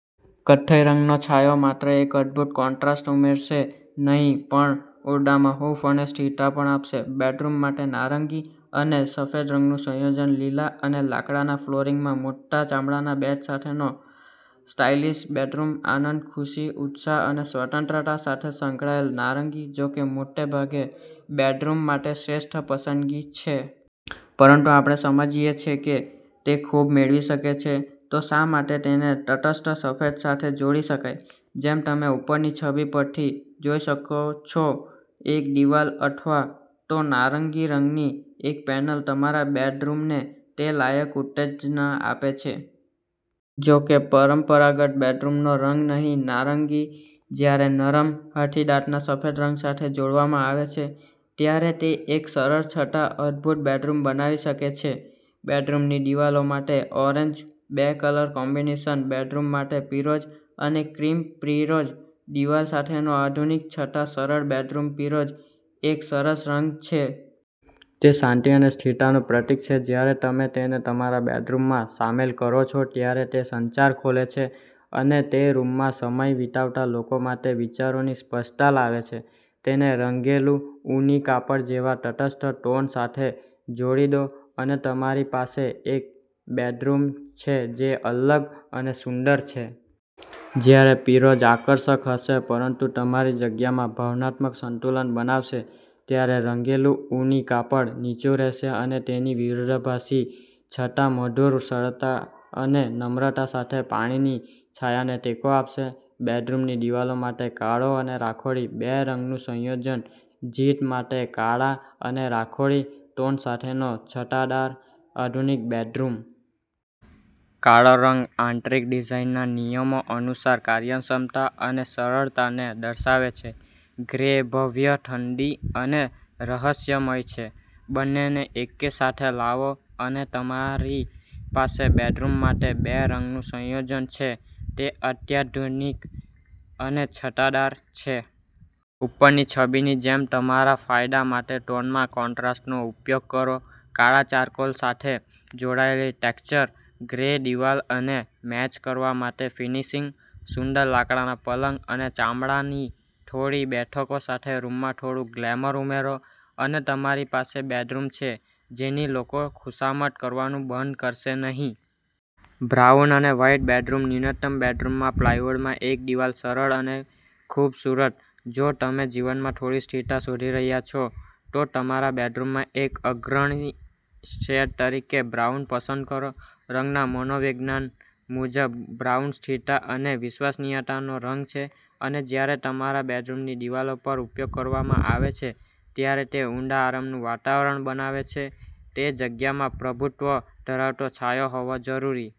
કથ્થઈ રંગનો છાંયો માત્ર એક અદ્ભુત કોન્ટ્રાસ્ટ ઉમેરશે નહીં પણ ઓરડામાં હૂંફ અને સ્થિરતા પણ આપશે. બેડરૂમ માટે નારંગી અને સફેદ રંગનું સંયોજન લીલા અને લાકડાના ફ્લોરિંગમાં મોટા ચામડાના બેડ સાથેનો સ્ટાઇલિશ બેડરૂમ આનંદ, ખુશી, ઉત્સાહ અને સ્વતંત્રતા સાથે સંકળાયેલ નારંગી, જો કે મોટેભાગે, બેડરૂમ માટે શ્રેષ્ઠ પસંદગી છે. પરંતુ આપણે સમજીએ છીએ કે તે ખૂબ મેળવી શકે છે, તો શા માટે તેને તટસ્થ સફેદ સાથે જોડી શકાય? જેમ તમે ઉપરની છબી પરથી જોઈ શકો છો, એક દીવાલ અથવા તો નારંગી રંગની એક પેનલ તમારા બેડરૂમને તે લાયક ઉત્તેજના આપે છે. જો કે, પરંપરાગત બેડરૂમનો રંગ નહીં, નારંગી, જ્યારે નરમ, હાથીદાંતના સફેદ રંગ સાથે જોડવામાં આવે છે, ત્યારે તે એક સરળ છતાં અદભૂત બેડરૂમ બનાવી શકે છે. બેડરૂમની દિવાલો માટે ઓરેન્જ બે કલર કોમ્બિનેશન બેડરૂમ માટે પીરોજ અને ક્રીમ પીરોજ દિવાલ સાથેનો આધુનિક છતાં સરળ બેડરૂમ પીરોજ એક સરસ રંગ છે. તે શાંતિ અને સ્થિરતાનું પ્રતીક છે. જ્યારે તમે તેને તમારા બેડરૂમમાં સામેલ કરો છો, ત્યારે તે સંચાર ખોલે છે અને તે રૂમમાં સમય વિતાવતા લોકો માટે વિચારોની સ્પષ્ટતા લાવે છે. તેને રંગેલું ઊની કાપડ જેવા તટસ્થ ટોન સાથે જોડી દો, અને તમારી પાસે એક બેડરૂમ છે જે અલગ અને સુંદર છે. જ્યારે પીરોજ આકર્ષક હશે પરંતુ તમારી જગ્યામાં ભાવનાત્મક સંતુલન બનાવશે, ત્યારે રંગેલું ઊની કાપડ નીચું રહેશે અને તેની વિરોધાભાસી છતાં મધુર સરળતા અને નમ્રતા સાથે પાણીની છાયાને ટેકો આપશે. બેડરૂમની દિવાલો માટે કાળો અને રાખોડી બે રંગનું સંયોજન જીત માટે કાળા અને રાખોડી ટોન સાથેનો છટાદાર આધુનિક બેડરૂમ! કાળો રંગ આંતરિક ડિઝાઇનના નિયમો અનુસાર કાર્યક્ષમતા અને સરળતાને દર્શાવે છે. ગ્રે ભવ્ય, ઠંડી અને રહસ્યમય છે. બંનેને એકસાથે લાવો, અને તમારી પાસે બેડરૂમ માટે બે રંગનું સંયોજન છે, તે અત્યાધુનિક અને છટાદાર છે. ઉપરની છબીની જેમ તમારા ફાયદા માટે ટોનમાં કોન્ટ્રાસ્ટનો ઉપયોગ કરો. કાળા ચારકોલ સાથે જોડાયેલી ટેક્ષ્ચર ગ્રે દિવાલ અને મેચ કરવા માટે ફર્નિશિંગ. સુંદર લાકડાના પલંગ અને ચામડાની થોડી બેઠકો સાથે રૂમમાં થોડું ગ્લેમર ઉમેરો, અને તમારી પાસે બેડરૂમ છે, જેની લોકો ખુશામત કરવાનું બંધ કરશે નહીં. બ્રાઉન અને વ્હાઇટ બેડરૂમ ન્યૂનતમ બેડરૂમમાં પ્લાયવુડમાં એક દિવાલ સરળ અને ખૂબસૂરત. જો તમે જીવનમાં થોડી સ્થિરતા શોધી રહ્યા છો, તો તમારા બેડરૂમમાં એક અગ્રણી શેડ તરીકે બ્રાઉન પસંદ કરો. રંગના મનોવિજ્ઞાન મુજબ, બ્રાઉન સ્થિરતા અને વિશ્વસનીયતાનો રંગ છે, અને જ્યારે તમારા બેડરૂમની દિવાલો પર ઉપયોગ કરવામાં આવે છે, ત્યારે તે ઊંડા આરામનું વાતાવરણ બનાવે છે. તે જગ્યામાં પ્રભુત્વ ધરાવતો છાંયો હોવો જરૂરી